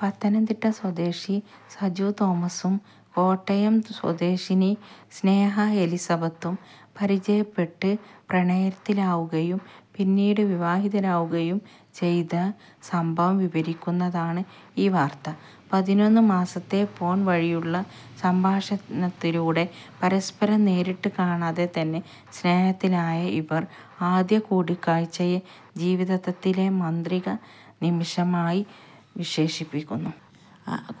പത്തനംതിട്ട സ്വദേശി സജു തോമസും കോട്ടയം സ്വദേശിനി സ്നേഹ എലിസബത്തും പരിചയപ്പെട്ട് പ്രണയത്തിലാവുകയും പിന്നീട് വിവാഹിതരാവുകയും ചെയ്ത സംഭവം വിവരിക്കുന്നതാണ് ഈ വാർത്ത. പതിനൊന്നു മാസത്തെ ഫോൺ വഴിയുള്ള സംഭാഷണത്തിലൂടെ പരസ്പരം നേരിട്ട് കാണാതെ തന്നെ സ്നേഹത്തിലായ ഇവർ, ആദ്യ കൂടിക്കാഴ്ചയെ ജീവിതത്തിലെ മാന്ത്രിക നിമിഷമായി വിശേഷിപ്പിക്കുന്നു.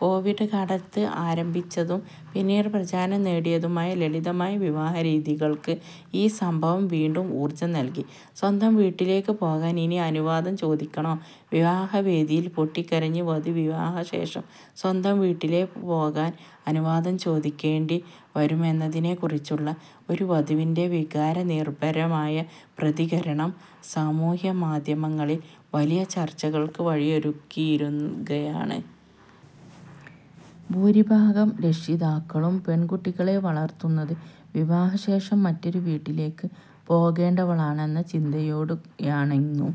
കോവിഡ് കാലത്ത് ആരംഭിച്ചതും പിന്നീട് പ്രചാരം നേടിയതുമായ ലളിതമായ വിവാഹ രീതികൾക്ക് ഈ സംഭവം വീണ്ടും ഊർജ്ജം നൽകി. 'സ്വന്തം വീട്ടിലേക്ക് പോകാൻ ഇനി അനുവാദം ചോദിക്കണോ? 'വിവാഹവേദിയിൽ പൊട്ടിക്കരഞ്ഞ് വധു വിവാഹശേഷം സ്വന്തം വീട്ടിൽ പോകാൻ അനുവാദം ചോദിക്കേണ്ടി വരുന്നതിനെക്കുറിച്ചുള്ള ഒരു വധുവിന്റെ വികാരനിർഭരമായ പ്രതികരണം സാമൂഹിക മാധ്യമങ്ങളിൽ വലിയ ചർച്ചകൾക്ക് വഴിയൊരുക്കിയിരിക്കുകയാണ്. ഭൂരിഭാഗം രക്ഷിതാക്കളും പെൺകുട്ടികളെ വളർത്തുന്നത് വിവാഹശേഷം മറ്റൊരു വീട്ടിലേക്ക് പോകേണ്ടവളാണെന്ന ചിന്തയോടെയാണെന്നും,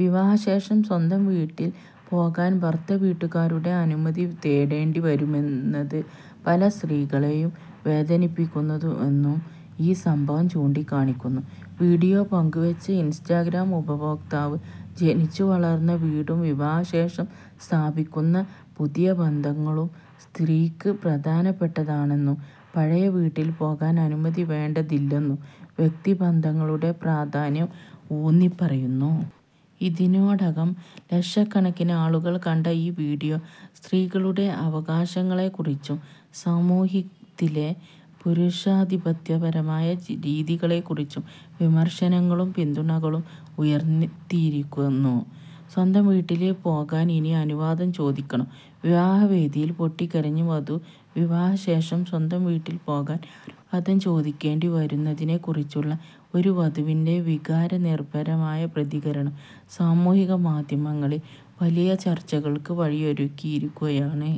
വിവാഹശേഷം സ്വന്തം വീട്ടിൽ പോകാൻ ഭർതൃവീട്ടുകാരുടെ അനുമതി തേടേണ്ടി വരുന്നത് പല സ്ത്രീകളെയും വേദനിപ്പിക്കുന്നുവെന്നും ഈ സംഭവം ചൂണ്ടിക്കാണിക്കുന്നു. വിഡിയോ പങ്കുവെച്ച ഇൻസ്റ്റഗ്രാം ഉപയോക്താവ്, ജനിച്ചുവളർന്ന വീടും വിവാഹശേഷം സ്ഥാപിക്കുന്ന പുതിയ ബന്ധങ്ങളും സ്ത്രീക്ക് പ്രധാനപ്പെട്ടതാണെന്നും, പഴയ വീട്ടിൽ പോകാൻ അനുമതി വേണ്ടതില്ലെന്നും വ്യക്തിബന്ധങ്ങളുടെ പ്രാധാന്യം ഊന്നിപ്പറയുന്നു. ഇതിനോടകം ലക്ഷക്കണക്കിന് ആളുകൾ കണ്ട ഈ വിഡിയോ, സ്ത്രീകളുടെ അവകാശങ്ങളെക്കുറിച്ചും സമൂഹത്തിലെ പുരുഷാധിപത്യപരമായ രീതികളെക്കുറിച്ചും വിമർശനങ്ങളും പിന്തുണകളും ഉയർത്തിയിരിക്കുന്നു. 'സ്വന്തം വീട്ടിലേക്ക് പോകാൻ ഇനി അനുവാദം ചോദിക്കണോ? 'വിവാഹവേദിയിൽ പൊട്ടിക്കരഞ്ഞ് വധു വിവാഹശേഷം സ്വന്തം വീട്ടിൽ പോകാൻ അനുവാദം ചോദിക്കേണ്ടി വരുന്നതിനെക്കുറിച്ചുള്ള ഒരു വധുവിന്റെ വികാരനിർഭരമായ പ്രതികരണം സാമൂഹിക മാധ്യമങ്ങളിൽ വലിയ ചർച്ചകൾക്ക് വഴിയൊരുക്കിയിരിക്കുകയാണ്.